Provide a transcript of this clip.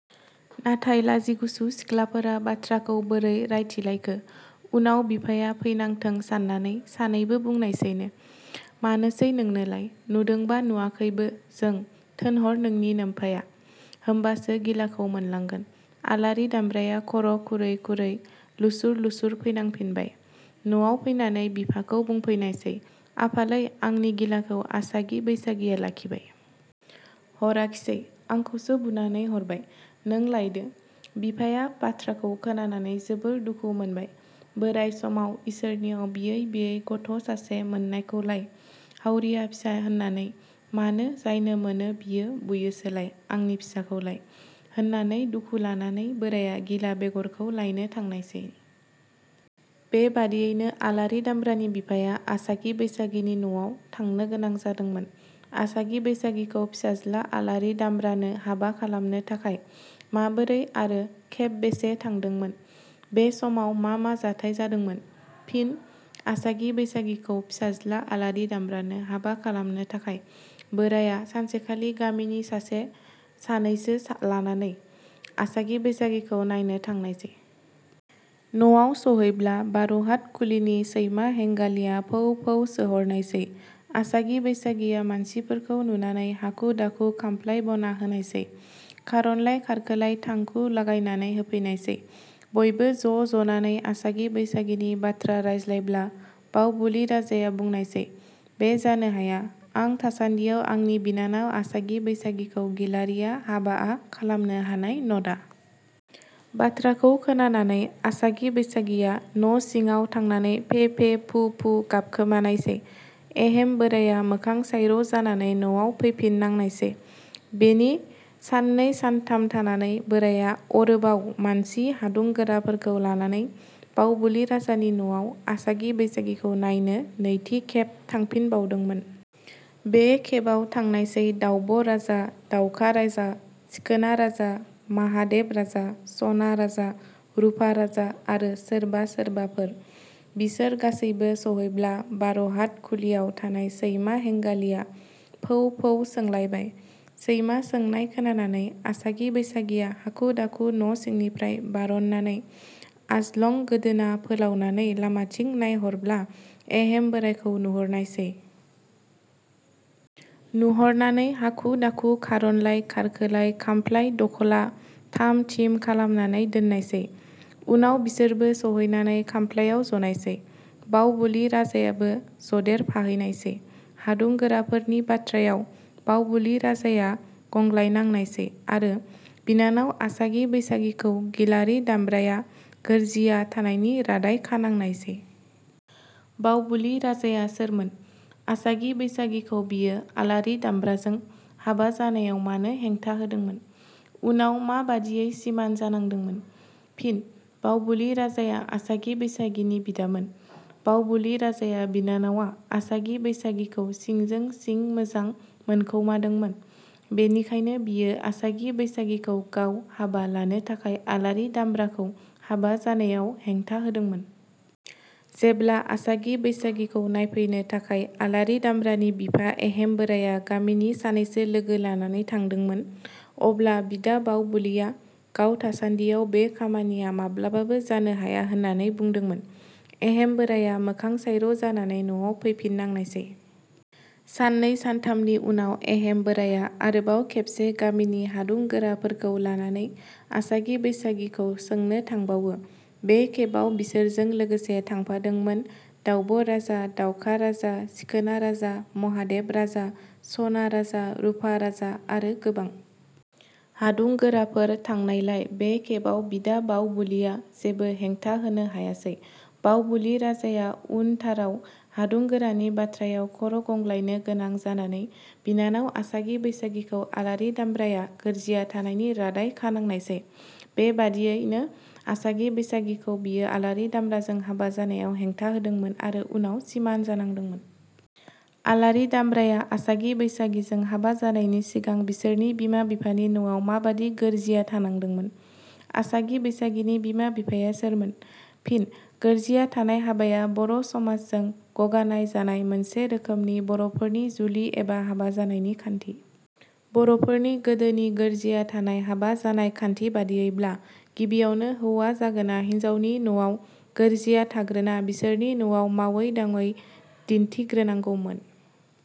नाथाय लाजिगुसु सिख्लाफोरा बाथ्राखौ बोरै रायथिलायखो? उनाव बिफाया फैनांथों साननानै सानैबो बुंनायसैनो – मानोसै नोंनोलाय? नुदोंबो नुवाखैबो जों। थोनहर नोंनि नोमफाया; होमबासो गिलाखौ मोनलांगोन। आलारि दामब्राया खर' खुरै खुरै लुसुर लुसुर फैनांफिनबाय। नआव फैनानै बिफाखौ बुंफैनायसै- आफालै, आंनि गिलाखौ आसागि बैसागिया लाखिबाय। हराखिसै। आंखौसो बुनानै हरबाय। नों लायदो। बिफाया बाथ्राखौ खोनानानै जोबोर दुखु मोनबाय। "बोराइ समाव इसोरनियाव बियै बियै गथ' सासे मोननायखौलाय हावरियानि फिसा होननानै मानो जायनो मोनो बियो बुयोसोलाय आंनि फिसाखौलाय" होननानै दुखु लानानै बोराइया गिला बेगरखौ लायनो थांनायससै। बेबादियैनो आलारि दामब्रानि बिफाया आसागि बैसागिनि न'आव थांनोगोनां जादोंमोन।. आसागि-बैसागिखौ फिसाज्ला आलारि दामब्रानो हाबा खालामनो थाखाय माबोरै आरो खेबबेसे थांदोंमोन? बे समाव मा मा जाथाइ जादोंमोन? फिन: आसागि बैसागिखौ फिसाज्ला आलारि दामब्रानो हाबा खालामनो थाखाय बोराया सानसेखालि गामिनि सासे सानैसो लानानै आसागि बैसागिखौ नायनो थांनायसै। न'आव सहैब्ला बार'हात खुलिनि सैमा हेंगालिया फौ फौ सोहरनायसै। आसागि बैसागिया मानसिफोरखौ नुनानै हाखु दाखु खामफ्लाइ बना होनायसै। खारनलाय खारखोलाय थांखु लागायनानै होफैनायसै। बयबो ज' जनानै आसागि बैसागिनि बाथ्रा रायज्लायब्ला बावबुलि राजाया बुंनायसै- बे जानो हाया, आं थासानदियाव आंनि बिनानाव आसागि बैसागिखौ गिलारिया हाबाआ खालामनो हानाय नडा। बाथ्राखौ खोनानानै आसागि बैसागिया न' सिडाव थांनानै फे-फे, फु-फु गाबखोमानायसै। एहेम बोराइया मोखां सायर' जानानै नआव फैफिननांनायसै। बेनि साननै सानथाम थानानै बोराइया अरोबाव मानसि हादुंगोराफोरखौ लानानै बावबुलि राजानि न'आव आसागि बैसागिखौ नायनो नैथि खेब थांफिनबावदोंमोन। बे खेबाव थांनायसै दाउब' राजा, दाउखा राजा, सिखोना राजा, माहादेब राजा, स'ना राजा, रुफा राजा आरो सोरबा सोरबाफोर। बिसोर गासैबो सहैब्ला बार'हात खुलियाव थानाय सैमा हेंगालिया फौ फौ सोंलायबाय। सैमा सोंनाय खोनानानै आसागि बैसागिया हाखु दाखु न' सिंनिफ्राय बार'ननानै आजलं गोदोना फोलाउनानै लामाथिं नायहरब्ला एहेम बोराइखौ नुहरनायसै। नुहरनानै हाखु-दाखु खारनलाय खारखोलाय खामफ्लाइ दखला थाम थिम खालायनानै दोननायसै। उनाव बिसोरबो सहैनानै खामफ्लाइयाव जनायसै। बावबुलि राजायाबो जदेरफाहैनायसै। हादुं गोराफोरनि बाथ्रायाव बावबुलि राजाया गंग्लायनांनायसै आरो बिनानाव आसागि बैसागिखौ गिलारि दामब्राया गोरजिया थानायनि रादाय खानांनायसै।. बावबुलि राजाया सोरमोन? आसागि-बैसागिखौ बियो आलारि दामब्राजों हाबा जानायाव मानो हेंथा होदोंमोन? उनाव माबादियै सिमान जानांदोंमोन? फिनः बावबुलि राजाया आसागि बैसागिनि बिदामोन। बावबुलि राजाया बिनानावा आसागि बैसागिखौ सिंजों सिं मोजां मोनखौमादोंमोन। बेनिखायनो बियो आसागि बैसागिखौ गाव हाबा लानो थाखाय आलारि दामब्राखौ हाबा जानायाव हेंथा होदोंमोन। जेब्ला आसागि बैसागिखौ नायफैनो थाखाय आलारि दामब्रानि बिफा एहेम बोराइया गामिनि सानैसो लोगो लानानै थांदोंमोन अब्ला बिदा बावबुलिया गाव थासानदियाव बे खामानिया माब्लाबाबो जानो हाया होननानै बुंदोंमोन। एहेम बोराइया मोखां सायर' जानानै नआव फैफिननांनायसै। साननै सानथामनि उनाव एहेम बोराया आरोबाव खेबसे गामिनि हादुंगोराफोरखौ लानानै आसागि बैसागिखौ सोंनो थांबावो। बे खेबाव बिसोरजों लोगोसे थांफादोंमोन दाउब' राजा, दाउखा राजा, सिखोना राजा, महादेब राजा, सना राजा, रुफा राजा, आरो गोबां। हादुंगोराफोर थांनायलाय बे खेबाव बिदा बावबुलिया जेबो हेंथा होनो हायासै। बावबुलि राजाया उनथाराव हादुंगोरानि बाथ्रायाव खर' गंग्लायनो गोनां जानानै बिनानाव आसागि बैसागिखौ आलारि दामब्राया गोरजिया थानायनि रादाय खानांनायसै। बेबादियैनो आसागि-बैसागिखौ बियो आलारि दामब्राजों हाबा जानायाव हेंथा होदोंमोन आरो उनाव सिमान जानांदोंमोन।. आलारि दामब्राया आसागि- बैसागिजों हाबा जानायनि सिगां बिसोरनि बिमा बिफानि नआव माबादि गोरजिया थानांदोंमोन? आसागि बैसागिनि बिमा-बिफाया सोरमोन? फिनः गोरजिया थानाय हाबाया बर' समाज जों गगानायजानाय मोनसे रोखोमनि बर'फोरनि जुलि एबा हाबा जानायनि खान्थि। बर'फोरनि गोदोनि गोरजिया थानाय हाबा जानाय खान्थि बादियैब्ला गिबियावनो हौवा जागोना हिनजावनि नवाव गोरजिया थाग्रोना बिसोरनि नवाव मावै-दाङै दिन्थिग्रोनांगौमोन।